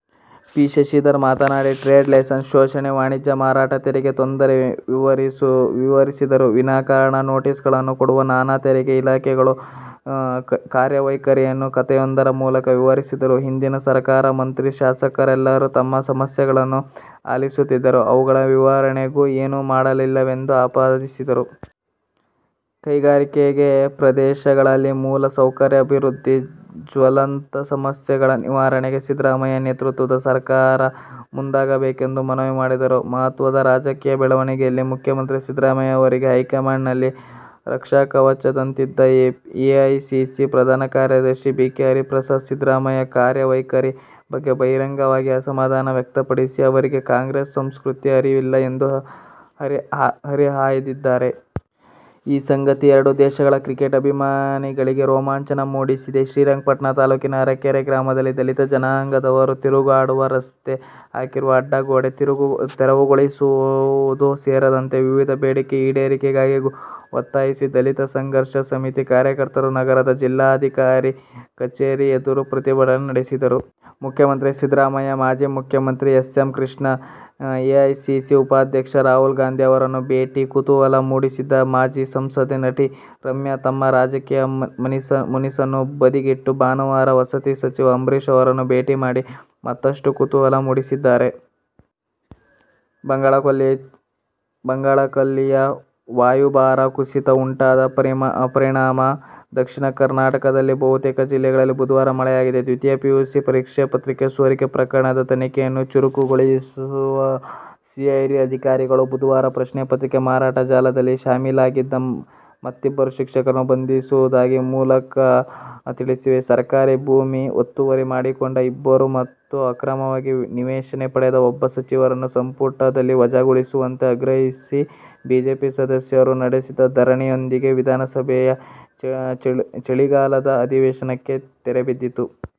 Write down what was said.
P. Shashidhar ಮಾತನಾಡಿ, trade licence ಶೋಷಣೆ, ವಾಣಿಜ್ಯ, ಮಾರಾಟ ತೆರಿಗೆ ತೊಂದರೆ ವಿವರಿಸಿದರು. ವಿನಾಕಾರಣ ನೋಟಿಸ್ಗಳನ್ನು ಕೊಡುವ ನಾನಾ ತೆರಿಗೆ ಇಲಾಖೆಗಳ ಕಾರ್ಯವೈಖರಿಯನ್ನು ಕಥೆಯೊಂದರ ಮೂಲಕ ವಿವರಿಸಿದರು. ಹಿಂದಿನ ಸರಕಾರ ಮಂತ್ರಿ, ಶಾಸಕರೆಲ್ಲರೂ ತಮ್ಮ ಸಮಸ್ಯೆಗಳನ್ನು ಆಲಿಸಿದ್ದರೂ ಅವುಗಳ ನಿವಾರಣೆಗೆ ಏನೂ ಮಾಡಲಿಲ್ಲವೆಂದು ಆಪಾದಿಸಿದರು. ಕೈಗಾರಿಕೆ ಪ್ರದೇಶಗಳಲ್ಲಿ ಮೂಲ ಸೌಕರ್ಯ ಅಭಿವೃದ್ಧಿ, ಜ್ವಲಂತ ಸಮಸ್ಯೆಗಳ ನಿವಾರಣೆಗೆ ಸಿದ್ದರಾಮಯ್ಯ ನೇತೃತ್ವದ ಸರಕಾರ ಮುಂದಾಗಬೇಕೆಂದು ಮನವಿ ಮಾಡಿದರು. ಮಹತ್ವದ ರಾಜಕೀಯ ಬೆಳವಣಿಗೆಯಲ್ಲಿ ಮುಖ್ಯಮಂತ್ರಿ ಸಿದ್ದರಾಮಯ್ಯ ಅವರಿಗೆ ಹೈಕಮಾಂಡ್ನಲ್ಲಿ ರಕ್ಷಾಕವಚದಂತಿದ್ದ ಎಐಸಿಸಿ ಪ್ರಧಾನ ಕಾರ್ಯದರ್ಶಿ ಬಿ. ಕೆ. ಹರಿಪ್ರಸಾದ್ ಸಿದ್ದರಾಮಯ್ಯ ಕಾರ್ಯವೈಖರಿ ಬಗ್ಗೆ ಬಹಿರಂಗವಾಗಿ ಅಸಮಾಧಾನ ವ್ಯಕ್ತಪಡಿಸಿ ಅವರಿಗೆ ಕಾಂಗ್ರೆಸ್ ಸಂಸ್ಕೃತಿಯ ಅರಿವಿಲ್ಲ ಎಂದು ಹರಿಹಾಯ್ದಿದ್ದಾರೆ. ಈ ಸಂಗತಿ ಎರಡೂ ದೇಶಗಳ ಕ್ರಿಕೆಟ್ ಅಭಿಮಾನಿಗಳಿಗೆ ರೋಮಾಂಚನ ಮೂಡಿಸಿದೆ. ಶ್ರೀರಂಗಪಟ್ಟಣ ತಾಲೂಕಿನ ಅರಕೆರೆ ಗ್ರಾಮದಲ್ಲಿ ದಲಿತ ಜನಾಂಗದವರು ತಿರುಗಾಡುವ ರಸ್ತೆಗೆ ಹಾಕಿರುವ ಅಡ್ಡಗೋಡೆ ತೆರವುಗೊಳಿಸುವುದು ಸೇರಿದಂತೆ ವಿವಿಧ ಬೇಡಿಕೆ ಈಡೇರಿಕೆಗೆ ಒತ್ತಾಯಿಸಿ ದಲಿತ ಸಂಘರ್ಷ ಸಮಿತಿ ಕಾರ್ಯಕರ್ತರು ನಗರದ ಜಿಲ್ಲಾಧಿಕಾರಿ ಕಚೇರಿ ಎದುರು ಪ್ರತಿಭಟನೆ ನಡೆಸಿದರು. ಮುಖ್ಯಮಂತ್ರಿ ಸಿದ್ದರಾಮಯ್ಯ, ಮಾಜಿ ಮುಖ್ಯಮಂತ್ರಿ ಎಸ್. ಎಂ. ಕೃಷ್ಣ, ಎಐಸಿಸಿ ಉಪಾಧ್ಯಕ್ಷ ರಾಹುಲ್ ಗಾಂಧಿ ಅವರನ್ನು ಭೇಟಿ ಕುತೂಹಲ ಮೂಡಿಸಿದ್ದ ಮಾಜಿ ಸಂಸದೆ, ನಟಿ ರಮ್ಯಾ ತಮ್ಮ ರಾಜಕೀಯ ಮುನಿಸನ್ನು ಬದಿಗಿಟ್ಟು ಭಾನುವಾರ ವಸತಿ ಸಚಿವ ಅಂಬರೀಶ್ ಅವರನ್ನು ಭೇಟಿ ಮಾಡಿ ಮತ್ತಷ್ಟು ಕುತೂಹಲ ಮೂಡಿಸಿದ್ದಾರೆ. ಬಂಗಾಳಕೊಲ್ಲಿಯಲ್ಲಿ ವಾಯುಭಾರ ಕುಸಿತ ಉಂಟಾದ ಪರಿಣಾಮ ದಕ್ಷಿಣ ಕರ್ನಾಟಕದ ಬಹುತೇಕ ಜಿಲ್ಲೆಗಳಲ್ಲಿ ಬುಧವಾರ ಮಳೆಯಾಗಿದೆ. ದ್ವಿತೀಯ ಪಿಯುಸಿ ಪ್ರಶ್ನೆ ಪತ್ರಿಕೆ ಸೋರಿಕೆ ಪ್ರಕರಣದ ತನಿಖೆಯನ್ನು ಚುರುಕುಗೊಳಿಸಿರುವ ಸಿಐಡಿ ಅಧಿಕಾರಿಗಳು ಬುಧವಾರ ಪ್ರಶ್ನೆ ಪತ್ರಿಕೆ ಮಾರಾಟ ಜಾಲದಲ್ಲಿ ಶಾಮೀಲಾಗಿದ್ದ ಮತ್ತಿಬ್ಬರು ಶಿಕ್ಷಕರನ್ನು ಬಂಧಿಸಿರುವುದಾಗಿ ಮೂಲಗಳು ತಿಳಿಸಿವೆ. ಸರ್ಕಾರಿ ಭೂಮಿ ಒತ್ತುವರಿ ಮಾಡಿಕೊಂಡ ಇಬ್ಬರು ಮತ್ತು ಅಕ್ರಮವಾಗಿ ನಿವೇಶನ ಪಡೆದ ಒಬ್ಬ ಸಚಿವರನ್ನು ಸಂಪುಟದಿಂದ ವಜಾಗೊಳಿಸುವಂತೆ ಆಗ್ರಹಿಸಿ ಬಿಜೆಪಿ ಸದಸ್ಯರು ನಡೆಸಿದ ಧರಣಿಯೊಂದಿಗೆ ವಿಧಾನಸಭೆಯ ಚಳಿಗಾಲದ ಅಧಿವೇಶನಕ್ಕೆ ತೆರೆಬಿದ್ದಿತು.